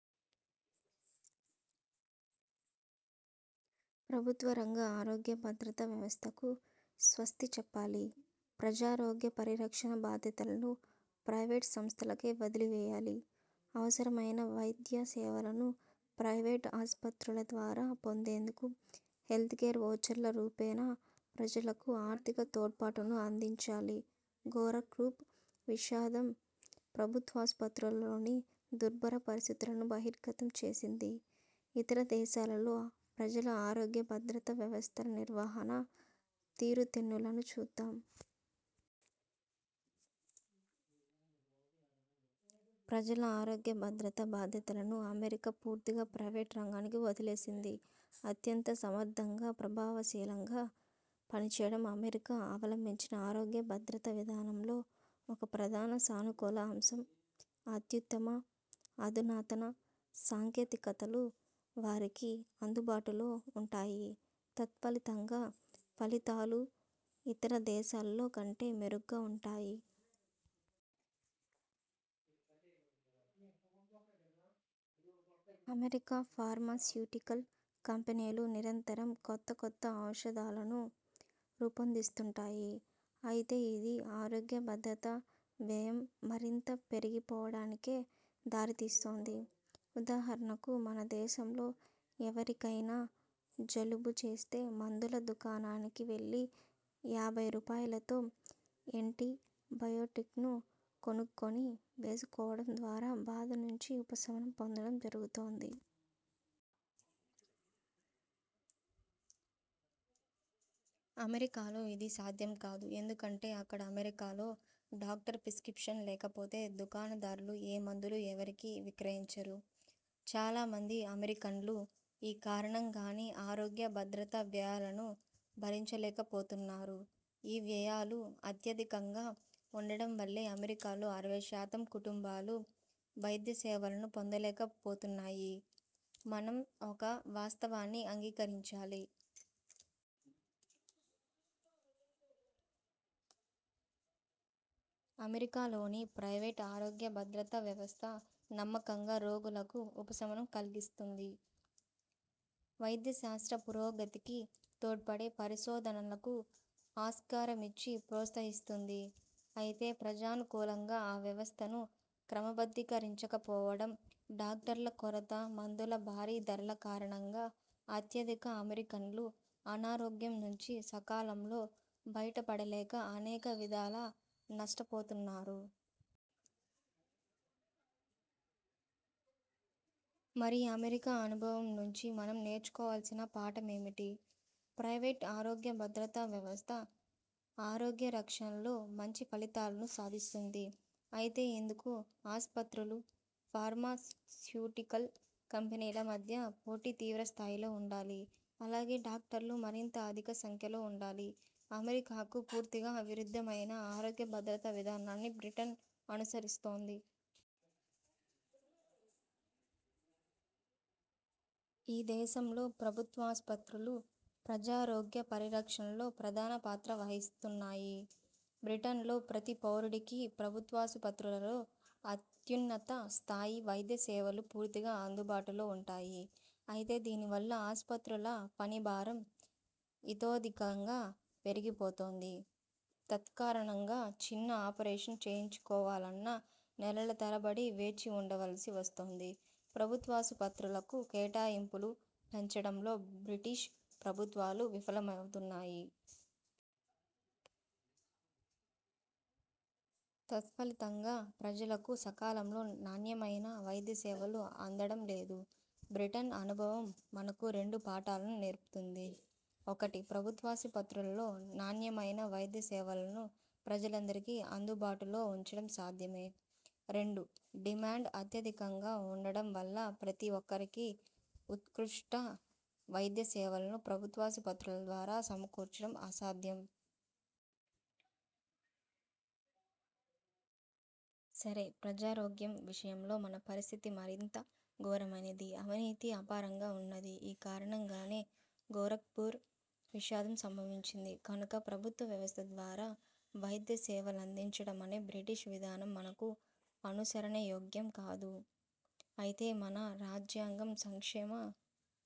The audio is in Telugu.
ప్రభుత్వ రంగ ఆరోగ్య భద్రతా వ్యవస్థకు స్వస్తిచెప్పాలి. ప్రజారోగ్య పరిరక్షణ బాధ్యతలను ప్రైవేట్ సంస్థలకే వదిలివేయాలి. అవసరమైన వైద్యసేవలను ప్రైవేట్ ఆస్పత్రుల ద్వారా పొందేందుకు హెల్త్కేర్ ఓచర్ల రూపేణా ప్రజలకు ఆర్థిక తోడ్పాటును అందించాలి. గోరఖ్పూర్ విషాదం ప్రభుత్వాసుపత్రులలోని దుర్భర పరిస్థితులను బహిర్గతం చేసింది. ఇతర దేశాలలో ప్రజల ఆరోగ్య భద్రతా వ్యవస్థల నిర్వహణ తీరుతెన్నులను చూద్దాం. ప్రజల ఆరోగ్య భద్రతా బాధ్యతలను అమెరికా పూర్తిగా ప్రైవేట్ రంగానికి వదిలివేసింది. అత్యంత సమర్థంగా, ప్రభావశీలంగా పనిచేయడం అమెరికా అవలంభించిన ఆరోగ్య భద్రతా విధానంలో ఒక ప్రధాన సానుకూల అంశం. అత్యుత్తమ, అధునాతన సాంకేతికతలు వారికి అందుబాటులో వుంటాయి. తత్ఫలితంగా ఫలితాలూ ఇతర దేశాల్లో కంటే మెరుగ్గా వుంటాయి. అమెరికా ఫార్మాస్యూటికల్ కంపెనీలు నిరంతరం కొత్త కొత్త ఔషధాలను రూపొందిస్తుంటాయి. అయితే ఇది, ఆరోగ్య భద్రతా వ్యయం మరింత పెరిగిపోవడానికే దారితీస్తుంది. ఉదాహరణకు మన దేశంలో ఎవరికైనా జలుబు చేస్తే మందుల దుకాణానికి వెళ్ళి యాభై రూపాయలతో యాన్టీ బయోటిక్స్ను కొనుక్కొని వేసుకోవడం ద్వారా బాధ నుంచి ఉపశమనం పొందడం జరుగుతుంది. అమెరికాలో ఇది సాధ్యంకాదు. ఎందుకంటే అక్కడ అమెరికాలో డాక్టర్ ప్రిస్క్రిప్షన్ లేకపోతే దుకాణదారులు ఏ మందులూ ఎవరికీ విక్రయించరు. చాలామంది అమెరికన్లు ఈ కారణంగానే ఆరోగ్య భద్రతా వ్యయాలను భరించలేకపోతున్నారు. ఈ వ్యయాలు అత్యధికంగా ఉండడంవల్లే అమెరికాలో అరవై శాతం కుటుంబాలు వైద్యసేవలను పొందలేకపోతున్నాయి. మనం ఒక వాస్తవాన్ని అంగీకరించాలి. అమెరికాలోని ప్రైవేట్ ఆరోగ్యభద్రతా వ్యవస్థ నమ్మకంగా రోగులకు ఉపశమనం కల్గిస్తుంది. వైద్యశాస్త్ర పురోగతికి తోడ్పడే పరిశోధనలకు ఆస్కారమిచ్చి ప్రోత్సహిస్తుంది. అయితే ప్రజానుకూలంగా ఆ వ్యవస్థను క్రమబద్ధీకరించకపోవడం, డాక్టర్ల కొరత, మందుల భారీ ధరల కారణంగా అత్యధిక అమెరికన్లు అనారోగ్యం నుంచి సకాలంలో బయటపడలేక అనేక విధాల నష్టపోతున్నారు. మరి అమెరికా అనుభవం నుంచి మనం నేర్చుకోవల్సిన పాఠమేమిటి? ప్రైవేట్ ఆరోగ్య భద్రతా వ్యవస్థ ఆరోగ్యరక్షణలో మంచిఫలితాలను సాధిస్తుంది. అయితే ఇందుకు ఆస్పత్రులు, ఫార్మాస్యూటికల్ కంపెనీల మధ్య పోటీ తీవ్రస్థాయిలో వుండాలి. అలాగే డాక్టర్లు మరింత అధిక సంఖ్యలో వుండాలి. అమెరికాకు పూర్తిగా విరుద్ధమైన ఆరోగ్యభద్రతా విధానాన్ని బ్రిటన్ అనుసరిస్తోంది. ఈ దేశంలో ప్రభుత్వాసుపత్రులు ప్రజారోగ్య పరిరక్షణలో ప్రధానపాత్ర వహిస్తున్నాయి. బ్రిటన్లో ప్రతి పౌరుడికీ ప్రభుత్వాసుపత్రులలో అత్యున్నత స్థాయి వైద్యసేవలు పూర్తిగా అందుబాటులో వుంటాయి. అయితే దీనివల్ల ఆస్పత్రుల పనిభారం ఇతోధికంగా పెరిగిపోతుంది. తత్కారణంగా చిన్న ఆపరేషన్ చేయించుకోవాలన్నా నెలల తరబడి వేచివుండవలసి వస్తుంది. ప్రభుత్వాసుపత్రులకు కేటాయింపులు పెంచడంలో బ్రిటిష్ ప్రభుత్వాలు విఫలమవుతున్నాయి. తత్ఫలితంగా ప్రజలకు సకాలంలో నాణ్యమైన వైద్యసేవలు అందడం లేదు. బ్రిటన్ అనుభవం మనకు రెండు పాఠాలను నేర్పుతుంది. ఒకటి– ప్రభుత్వాసుపత్రుల్లో నాణ్యమైన వైద్యసేవలను ప్రజలందరికీ అందుబాటులో ఉంచడం సాధ్యమే. రెండు– డిమాండ్ అత్యధికంగా ఉండడం వల్ల ప్రతి ఒక్కరికీ ఉత్కృష్ట వైద్య సేవలను ప్రభుత్వాసుపత్రుల ద్వారా సమకూర్చడం అసాధ్యం. సరే, ప్రజారోగ్యం విషయంలో మన పరిస్థితి మరింత ఘోరమైనది. అవినీతి అపారంగా ఉన్నది. ఈ కారణంగానే గోరఖ్పూర్ విషాదం సంభవించింది. కనుక ప్రభుత్వ వ్యవస్థ ద్వారా వైద్యసేవలందించడమనే బ్రిటిష్ విధానం మనకు అనుసరణయోగ్యం కాదు. అయితే మన రాజ్యాంగం సంక్షేమ